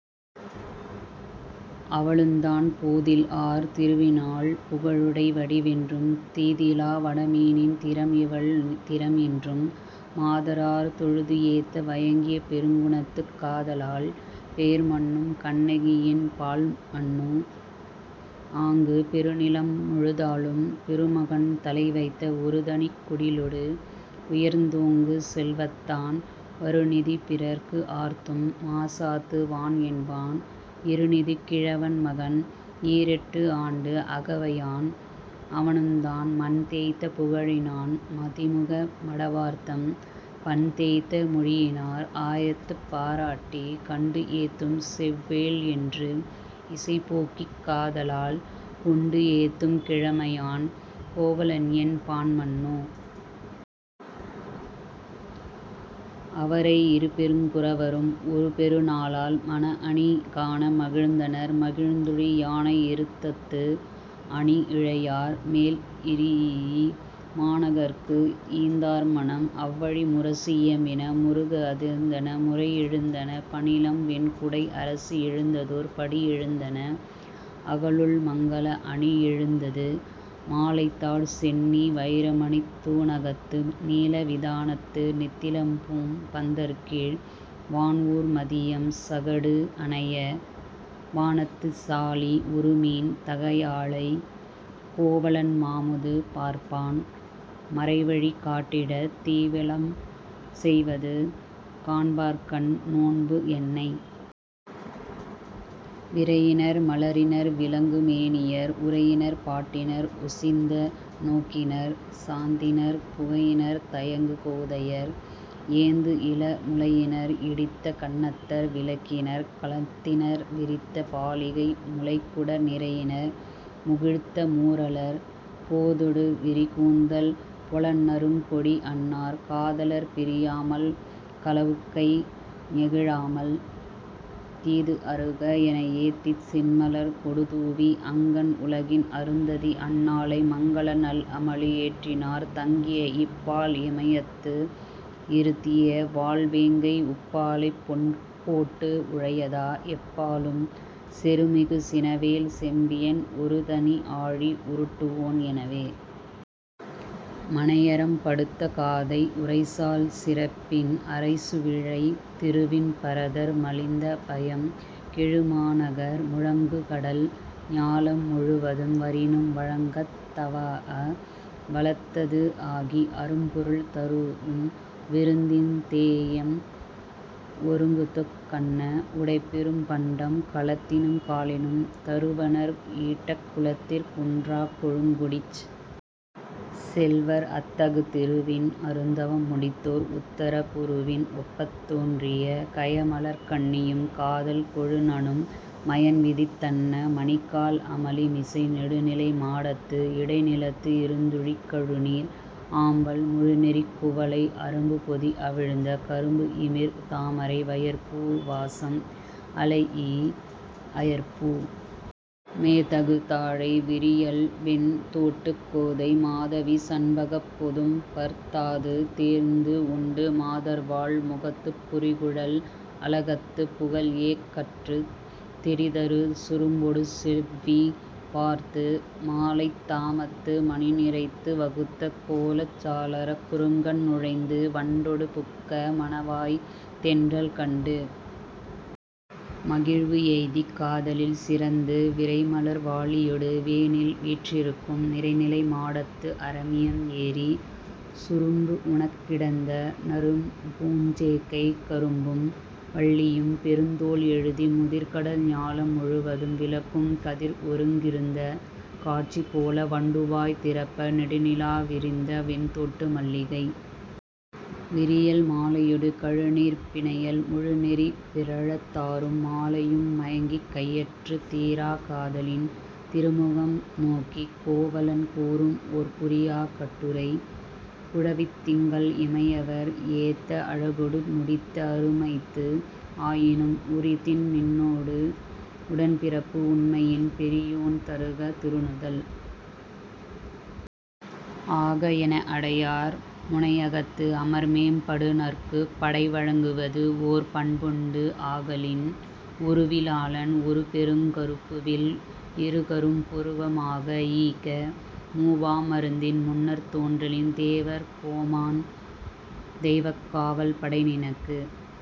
அவளுந்தான், போதில்ஆர் திருவினாள் புகழுடை வடிவென்றும் தீதிலா வடமீனின் திறம்இவள் திறம்என்றும் மாதரார் தொழுதுஏத்த வயங்கிய பெருங்குணத்துக் காதலாள் பெயர்மன்னும் கண்ணகிஎன் பாள்மன்னோ, ஆங்கு, பெருநிலம் முழுதாளும் பெருமகன் தலைவைத்த ஒருதனிக் குடிகளொடு உயர்ந்தோங்கு செல்வத்தான் வருநிதி பிறர்க்குஆர்த்தும் மாசாத்து வான்என்பான் இருநிதிக் கிழவன்மகன் ஈரெட்டுஆண்டு அகவையான், அவனுந்தான், மண்தேய்த்த புகழினான் மதிமுக மடவார்தம் பண்தேய்த்த மொழியினார் ஆயத்துப் பாராட்டிக் கண்டுஏத்தும் செவ்வேள்என்று இசைபோக்கிக் காதலால் கொண்டுஏத்தும் கிழமையான் கோவலன்என் பான்மன்னோ. அவரை, இருபெருங் குரவரும் ஒருபெரு நாளால் மணஅணி காண மகிழ்ந்தனர், மகிழ்ந்துழி யானை எருத்தத்து அணிஇழையார் மேல்இரீஇ மாநகர்க்கு ஈந்தார் மணம். அவ்வழி, முரசுஇயம்பின, முருகுஅதிர்ந்தன, முறைஎழுந்தன பணிலம், வெண்குடை அரசுஎழுந்ததொர் படிஎழுந்தன, அகலுள்மங்கல அணிஎழுந்தது. மாலைதாழ் சென்னி வயிரமணித் து஡ணகத்து நீல விதானத்து நித்திலப்பூம் பந்தர்க்கீழ் வான்ஊர் மதியம் சகடுஅணைய வானத்துச் சாலி ஒருமீன் தகையாளைக் கோவலன் மாமுது பார்ப்பான் மறைவழி காட்டிடத் தீவலம் செய்வது காண்பார்க்கண் நோன்புஎன்னை. விரையினர் மலரினர் விளங்கு மேனியர் உரையினர் பாட்டினர் ஒசிந்த நோக்கினர் சாந்தினர் புகையினர் தயங்கு கோதையர் ஏந்துஇள முலையினர் இடித்த சுண்ணத்தர் விளக்கினர் கலத்தினர் விரித்த பாலிகை முளைக்குட நிரையினர் முகிழ்த்த மூரலர் போதொடு விரிகூந்தல் பொலன்நறுங் கொடிஅன்னார் காதலற் பிரியாமல் கவவுக்கை ஞெகிழாமல் தீதுஅறுக எனஏத்திச் சின்மலர் கொடுது஡வி அங்கண் உலகின் அருந்ததி அன்னாளை மங்கல நல்அமளி ஏற்றினார், தங்கிய இப்பால் இமயத்து இருத்திய வாள்வேங்கை உப்பாலைப் பொன்கோட்டு உழையதா எப்பாலும் செருமிகு சினவேல் செம்பியன் ஒருதனி ஆழி உருட்டுவோன் எனவே.. மனையறம்படுத்த காதை உரைசால் சிறப்பின் அரைசுவிழை திருவின் பரதர் மலிந்த பயம்கெழு மாநகர் முழங்குகடல் ஞாலம் முழுவதும் வரினும் வழங்கத் தவாஅ வளத்தது ஆகி அரும்பொருள் தருஉம் விருந்தின் தேஎம் ஒருங்குதொக் கன்ன உடைப்பெரும் பண்டம் கலத்தினும் காலினும் தருவனர் ஈட்டக் குலத்திற் குன்றாக் கொழுங்குடிச் செல்வர் அத்தகு திருவின் அருந்தவம் முடித்தோர் உத்தர குருவின் ஒப்பத் தோன்றிய கயமலர்க் கண்ணியும் காதல் கொழுநனும் மயன்விதித் தன்ன மணிக்கால் அமளிமிசை நெடுநிலை மாடத்து இடைநிலத்து இருந்துழிக் கழுநீர் ஆம்பல் முழுநெறிக் குவளை அரும்புபொதி அவிழ்ந்த சுரும்புஇமிர் தாமரை வயற்பூ வாசம் அளைஇ அயற்பூ மேதகு தாழை விரியல்வெண் தோட்டுக் கோதை மாதவி சண்பகப் பொதும்பர்த் தாதுதேர்ந்து உண்டு மாதர்வாள் முகத்துப் புரிகுழல் அளகத்துப் புகல்ஏக் கற்றுத் திரிதரு சுரும்பொடு செவ்வி பார்த்து மாலைத் தாமத்து மணிநிரைத்து வகுத்த கோலச் சாளரக் குறுங்கண் நுழைந்து வண்டொடு புக்க மணவாய்த் தென்றல் கண்டு மகிழ்வுஎய்திக் காதலில் சிறந்து, விரைமலர் வாளியொடு வேனில்வீற் றிருக்கும் நிரைநிலை மாடத்து அரமியம் ஏறி, சுரும்புஉணக் கிடந்த நறும்பூஞ் சேக்கைக் கரும்பும் வல்லியும் பெருந்தோள் எழுதி முதிர்க்கடல் ஞாலம் முழுவதும் விளக்கும் கதிர்ஒருங் கிருந்த காட்சி போல, வண்டுவாய் திறப்ப நெடுநிலா விரிந்த வெண்தோட்டு மல்லிகை விரியல் மாலையொடு கழுநீர்ப் பிணையல் முழுநெறி பிறழத் தாரும் மாலையும் மயங்கிக் கையற்றுத் தீராக் காதலின் திருமுகம் நோக்கிக் கோவலன் கூறும்ஓர் குறியாக் கட்டுரை குழவித் திங்கள் இமையவர் ஏத்த அழகொடு முடித்த அருமைத்து ஆயினும் உரிதின் நின்னோடு உடன்பிறப்பு உண்மையின் பெரியோன் தருக திருநுதல் ஆகஎன, அடையார் முனையகத்து அமர்மேம் படுநர்க்குப் படைவழங் குவதுஓர் பண்புண்டு ஆகலின் உருவி லாளன் ஒருபெருங் கருப்புவில் இருகரும் புருவ மாக ஈக்க, மூவா மருந்தின் முன்னர்த் தோன்றலின் தேவர் கோமான் தெய்வக் காவல் படைநினக்கு